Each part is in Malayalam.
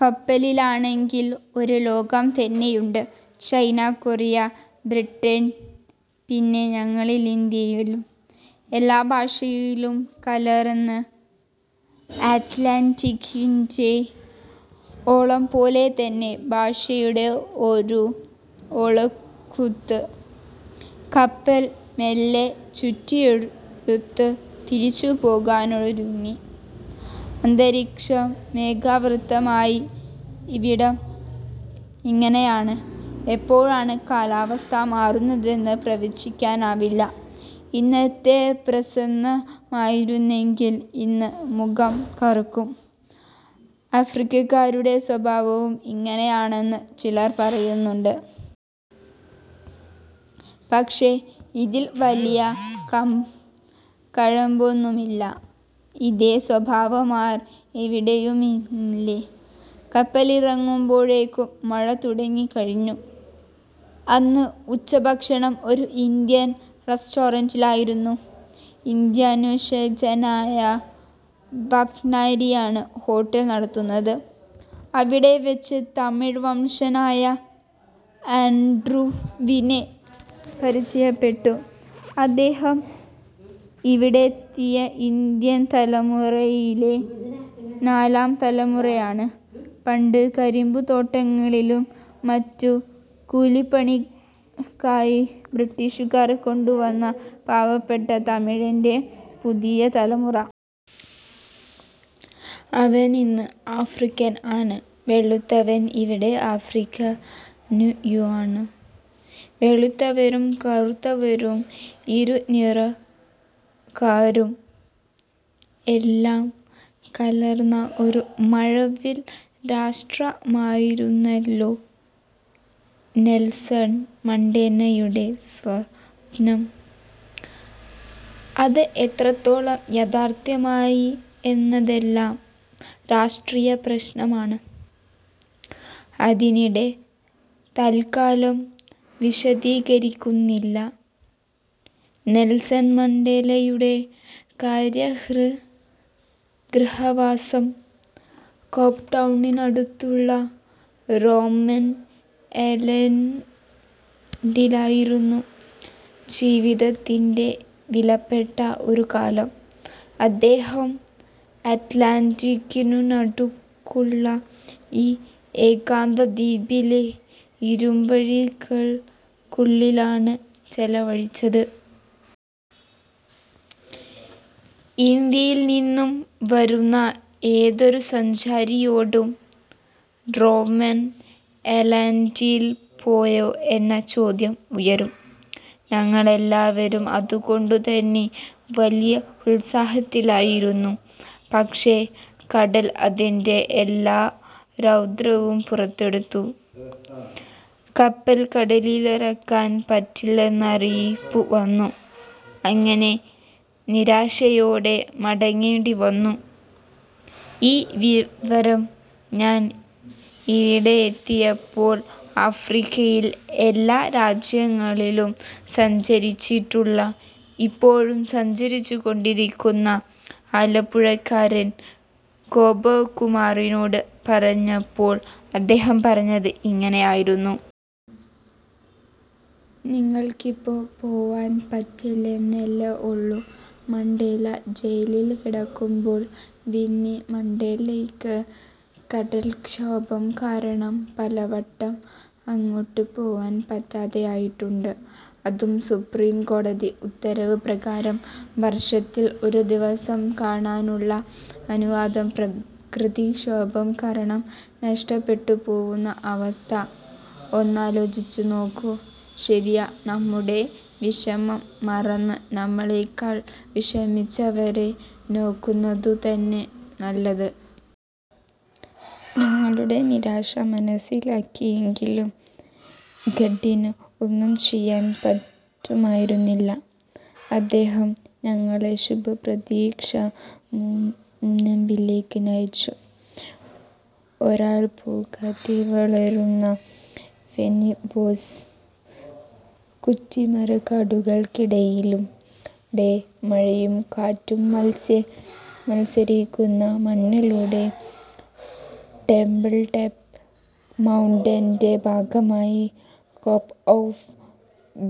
കപ്പലിലാണെങ്കില് ഒരു ലോകം തന്നെയുണ്ട്. ചൈന, കൊറിയ, ബ്രിട്ടന്, പിന്നെ ഞങ്ങളിന്ത്യയും, എല്ലാ ഭാഷയും കലര്ന്ന് അറ്റ്ലാന്റിക്കിന്റെ ഓളംപോലെതന്നെ ഭാഷയുടെ ഒരു ഓളക്കുത്ത്. കപ്പല് മെല്ലെ ചുറ്റിയെടുത്ത് തിരിച്ചുപോകാനൊരുങ്ങി. അന്തരീക്ഷം മേഘാവൃതമായി. ഇവിടം ഇങ്ങനെയാണ് എപ്പോഴാണ് കാലാവസ്ഥ മാറുന്നതെന്ന് പ്രവചിക്കാനാവില്ല. ഇന്നലെ പ്രസന്നമായിരുന്നെങ്കില് ഇന്ന് മുഖം കറുപ്പിക്കും. ആഫ്രിക്കക്കാരുടെ സ്വഭാവവും ഇങ്ങനെയാണെന്ന് ചിലര് പറയാറുണ്ട്. പക്ഷേ, അതില് വലിയ കഴമ്പൊന്നുമില്ല. ഇതേ സ്വഭാവക്കാര് എവിടെയുമില്ലേ. കപ്പലിറങ്ങുമ്പോഴേക്കും മഴ തുടങ്ങിക്കഴിഞ്ഞു. അന്ന് ഉച്ചഭക്ഷണം ഒരു ഇന്ത്യന് റെസ്റ്റോറന്റിലായിരുന്നു. ഇന്ത്യന്വംശജനായ ഭണ്ഡാരിയാണ് ഹോട്ടല് നടത്തുന്നത്. അവിടെവെച്ച് തമിഴ് വംശജനായ ആന്ഡ്രൂവിനെ പരിചയപ്പെട്ടു. അദ്ദേഹം ഇവിടെയെത്തിയ ഇന്ത്യന് തലമുറയിലെ നാലാംതലമുറയാണ്. പണ്ട് കരിമ്പുതോട്ടങ്ങളിലും മറ്റും കൂലിപ്പണിക്കായി ബ്രിട്ടീഷുകാര് കൊണ്ടുവന്ന പാവപ്പെട്ട തമിഴന്റെ പുതിയതലമുറ. അവനിന്ന് ആഫ്രിക്കന് ആണ്. വെളുത്തവന് ഇവിടെ ആഫ്രിക്കാനയുമാണ്. വെളുത്തവരും കറുത്തവരും ഇരുനിറക്കാരും എല്ലാം കലര്ന്ന ഒരു മഴവില് രാഷ്ട്രമായിരുന്നല്ലോ നെല്സണ് മണ്ടേലയുടെ സ്വപ്നം. അത് എത്രത്തോളം യാഥാര്ഥ്യമായി എന്നതെല്ലാം രാഷ്ട്രീയ പ്രശ്നമാണ്. അതിവിടെ തത്കാലം വിശദീകരിക്കുന്നില്ല. നെല്സണ് മണ്ടേലയുടെ കാരാഗൃഹവാസം കേപ്ടൗണിനടുത്തുള്ള റോബന് ഐലന്ഡിലായിരുന്നു. ജീവിതത്തിന്റെ വിലപ്പെട്ട ഒരു കാലം അദ്ദേഹം അറ്റ്ലാന്റിക്കിനു നടുക്കുള്ള ഈ ഏകാന്തദ്വീപിലെ ഇരുമ്പഴികള്ക്കുള്ളിലാണ് ചെലവഴിച്ചത്. ഇന്ത്യയില്നിന്നു വരുന്ന ഏതൊരു സഞ്ചാരിയോടും റോബന് ഐലന്ഡില് പോയോ എന്ന ചോദ്യം ഉയരും. ഞങ്ങളെല്ലാവരും അതുകൊണ്ടുതന്നെ വലിയ ഉത്സാഹത്തിലായിരുന്നു. പക്ഷേ, കടല് അതിന്റെ എല്ലാ രൗദ്രതയും പുറത്തെടുത്തു. കപ്പല് കടലിലിറക്കാന് പറ്റില്ലെന്നറിയിപ്പു വന്നു. അങ്ങനെ നിരാശയോടെ മടങ്ങേണ്ടിവന്നു. ഈ വിവരം ഞാന് ഇവിടെയെത്തിയപ്പോള് ആഫ്രിക്കയില് എല്ലാ രാജ്യങ്ങളിലും സഞ്ചരിച്ചിട്ടുള്ള ഇപ്പോഴും സഞ്ചരിച്ചുകൊണ്ടിരിക്കുന്ന ആലപ്പുഴക്കാരന് ഗോപകുമാറിനോട് പറഞ്ഞപ്പോള് അദ്ദേഹം പറഞ്ഞത് ഇങ്ങനെയായിരുന്നു. ''നിങ്ങള്ക്കിപ്പോ പോവാന് പറ്റിയില്ലെന്നല്ലേ ഉള്ളൂ. മണ്ടേല ജയിലില് കിടക്കുമ്പോള് വിന്നി മണ്ടേലയ്ക്ക് കടല്ക്ഷോഭം കാരണം പലവട്ടം അങ്ങോട്ട് പോവാന് പറ്റാതായിട്ടുണ്ട്. അതും സുപ്രീംകോടതി ഉത്തരവ് പ്രകാരം വര്ഷത്തില് ഒരു ദിവസം കാണാനുള്ള അനുവാദം പ്രകൃതിക്ഷോഭം കാരണം നഷ്ടപ്പെട്ടുപോവുന്ന അവസ്ഥ ഒന്നാലോചിച്ചുനോക്കൂ. ' ശരിയാ നമ്മുടെ വിഷമം മാറാന് നമ്മളെക്കാള് വിഷമിച്ചവരെ നോക്കുന്നതുതന്നെ നല്ലത്. ഞങ്ങളുടെ നിരാശ മനസ്സിലാക്കിയെങ്കിലും ഗൈഡിന് ഒന്നും ചെയ്യാന് പറ്റുമായിരുന്നില്ല. അദ്ദേഹം ഞങ്ങളെ ശുഭപ്രതീക്ഷാ മുനമ്പിലേക്ക് നയിച്ചു. ഒരാള്പൊക്കത്തില് വളരുന്ന ഫൈന്ബോസ് കുറ്റിമരക്കാടുകള്ക്കിടയിലൂടെ മഴയും കാറ്റും മത്സരിക്കുന്ന മണ്ണിലൂടെ ടേബിള്ടോപ് മൗണ്ടന്റെ ഭാഗമായ കേപ് ഓഫ്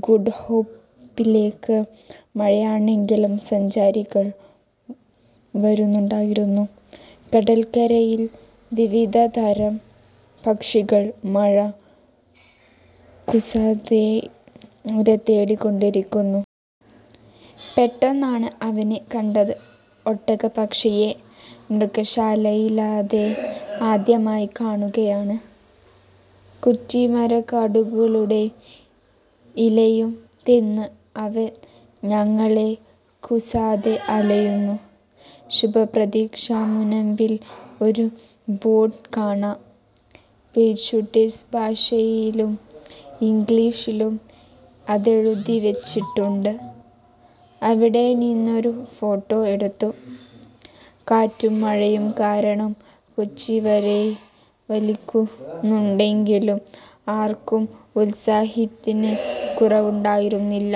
ഗുഡ്ഹോപ്പിലേക്ക്. മഴയാണെങ്കിലും സഞ്ചാരികള് വരുന്നുണ്ടായിരുന്നു. കടല്ക്കരയില് വിവിധതരം പക്ഷികള് മഴ കൂസാതെ ഇരതേടിക്കൊണ്ടിരിക്കുന്നു. പെട്ടെന്നാണ് അവനെ കണ്ടത്, ഒട്ടകപ്പക്ഷിയെ. മൃഗശാലയിലല്ലാതെ ആദ്യമായി കാണുകയാണ്. കുറ്റിമരക്കാടുകളുടെ ഇലയും തിന്ന് അവന് ഞങ്ങളെ കൂസാതെ അലയുന്നു. ശുഭപ്രതീക്ഷാ മുനമ്പില് ഒരു ബോര്ഡ് കാണാം. പോര്ച്ചുഗീസ് ഭാഷയിലും ഇംഗ്ലീഷിലും അതെഴുതിവെച്ചിട്ടുണ്ട്. അവിടെനിന്നൊരു ഫോട്ടോ എടുത്തു. കാറ്റും മഴയും കാരണം കോച്ചിവലിക്കുന്നുണ്ടെങ്കിലും ആര്ക്കും ഉത്സാഹത്തിന് കുറവുണ്ടായിരുന്നില്ല.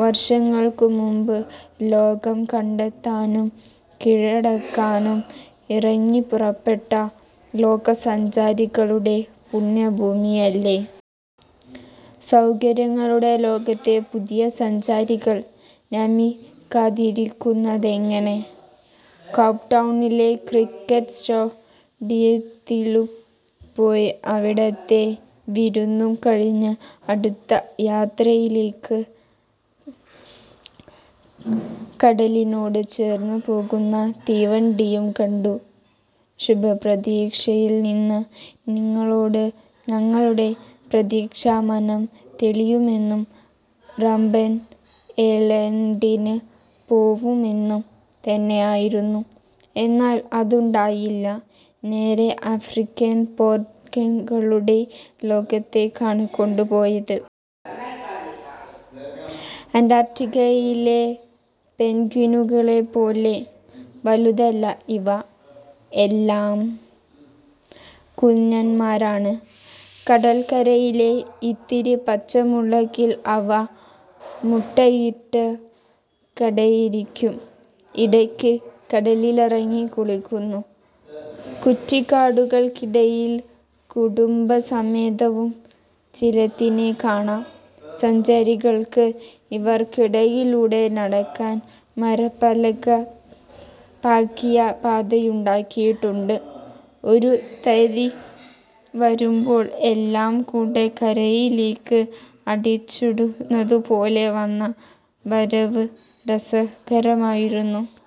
വര്ഷങ്ങള്ക്കുമുന്പ് ലോകം കണ്ടെത്താനും കീഴടക്കാനും ഇറങ്ങിപ്പുറപ്പെട്ട ലോകസഞ്ചാരികളുടെ പുണ്യഭൂമിയല്ലേ. സൗകര്യങ്ങളുടെ ലോകത്തെ പുതിയ സഞ്ചാരികള് നമിക്കാതിരിക്കുന്നതെങ്ങനെ. കേപ്ടൗണിലെ ക്രിക്കറ്റ് സ്റ്റേഡിയത്തിലും പോയി. അവിടുത്തെ വിരുന്നും കഴിഞ്ഞ് അടുത്ത യാത്രയിലേക്ക്. കടലിനോട് ചേര്ന്ന് പോകുന്ന തീവണ്ടിയും കണ്ടു. ശുഭപ്രതീക്ഷയില്നിന്ന് നീങ്ങുമ്പോള് ഞങ്ങളുടെ പ്രതീക്ഷ മാനം തെളിയുമെന്നും റോബന് ഐലന്ഡില് പോവുമെന്നും തന്നെയായിരുന്നു. എന്നാല് അതുണ്ടായില്ല. നേരെ ആഫ്രിക്കന് പെന്ഗ്വിനുകളുടെ ലോകത്തേക്കാണ് കൊണ്ടുപോയത്. അന്റാര്ട്ടിക്കയിലെ പെന്ഗ്വിനുകളെപ്പോലെ വലുതല്ല ഇവ. എല്ലാം കുഞ്ഞന്മാരാണ്. കടല്ക്കരയിലെ ഇത്തിരി പച്ചപ്പുകളില് അവ മുട്ടയിട്ട് അടയിരിക്കുന്നു. ഇടയ്ക്ക് കടലിലിറങ്ങി കുളിക്കുന്നു. കുറ്റിക്കാടുകള്ക്കിടയില് കുടുംബസമേതവും ചിലതിനെ കാണാം. സഞ്ചാരികള്ക്ക് ഇവര്ക്കിടയിലൂടെ നടക്കാന് മരപ്പലക പാകിയ പാതയുണ്ടാക്കിയിട്ടുണ്ട്. ഒരു തിര വരുമ്പോള് എല്ലാം കൂടെ കരയിലേക്ക് അടിച്ചിടുന്നതുപോലെ വന്ന വരവ് രസകരമായിരുന്നു.